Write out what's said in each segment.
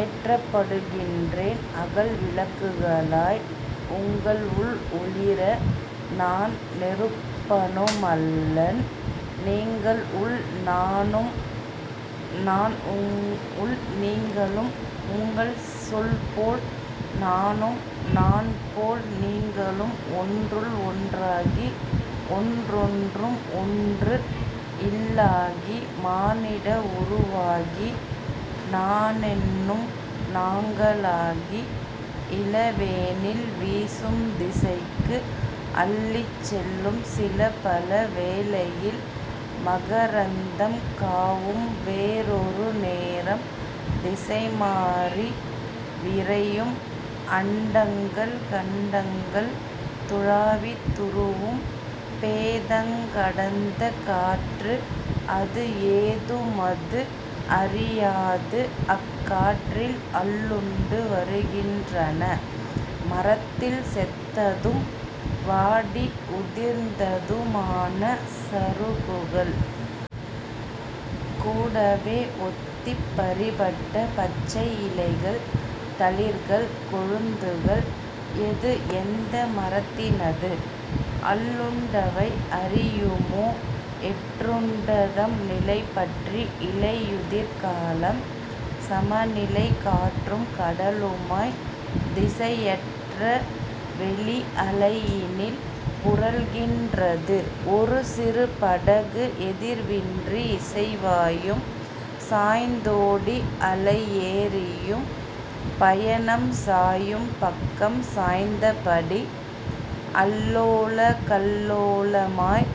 ஏற்றப்படுகின்றேன் அகல்விளக்குகளாய் உங்கள் உள் ஒளிர நான் நெருப்பனுமல்லன்... நீங்கள் உள் நானும் நான் உள் நீங்களும் உங்கள் சொல்போல் நானும் நான் போல் நீங்களும் ஒன்றுள் ஒன்றாகி ஒன்றொன்றும் ஒன்று இல்லாகி மானிட உருவாகி நானெனும் நாங்களாகி.... இளவேனில், வீசும் திசைக்கு அள்ளிச்செல்லும் சிலபல வேளையில் மகரந்தம் காவும் வேறொரு நேரம் திசைமாறி விரையும் அண்டங்கள் கண்டங்கள் துழாவித் துருவும் பேதங்கடந்த காற்று அது ஏதுமது அறியாது அக்காற்றில் அள்ளுண்டு வருகின்றன மரத்தில் செத்ததும் வாடி உதிர்ந்ததுமான சருகுகள். கூடவே ஒத்திப் பறிபட்ட பச்சை இலைகள் தளிர்கள் கொழுந்துகள்.... எது எந்த மரத்தினது...? அள்ளுண்டவை அறியுமோ எற்றுண்ட தம்நிலை பற்றி...! இலையுதிர் காலம்,. சமநிலை காற்றும் கடலுமாய் திசையற்ற வெளி அலையினில் புரள்கின்றது ஒரு சிறு படகு எதிர்வின்றி இசைவாயும் சாய்ந்தோடி அலையேறியும் பயணம். சாயும் பக்கம் சாய்ந்தபடி அல்லோலகல்லோலமாய்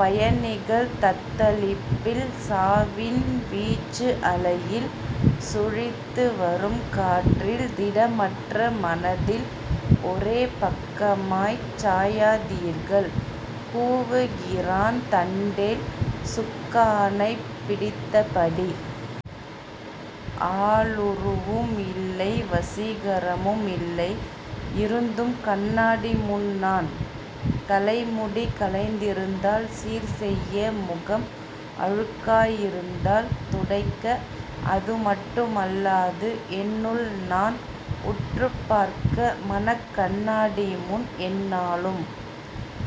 பயணிகள் தத்தளிப்பில் சாவின் வீச்சு அலையில் சுழித்து வரும் காற்றில் திடமற்ற மனதில் ஒரேபக்கமாய்ச் சாயாதீர்கள் கூவுகிறான் தண்டேல் சுக்கானைப் பிடித்தபடி. ஆளுருவும் இல்லை வசீகரமும் இல்லை இருந்தும் கண்ணாடி முன்நான். தலைமுடி கலைந்திருந்தால் சீர்செய்ய முகம் அழுக்காயிருந்தால் துடைக்க அதுமட்டுமல்லாது என்னுள் நான் உற்றுப்பார்க்க மனக் கண்ணாடி முன் எந்நாளும்.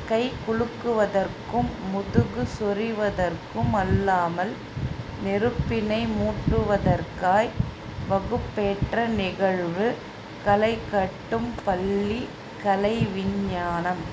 கைகுலுக்குவதற்கும் முதுகு சொறிவதற்கும் அல்லாமல் நெருப்பினை மூட்டுவதற்காய்.... வகுப்பேற்ற நிகழ்வு களைகட்டும் பள்ளி கலை விஞ்ஞானம்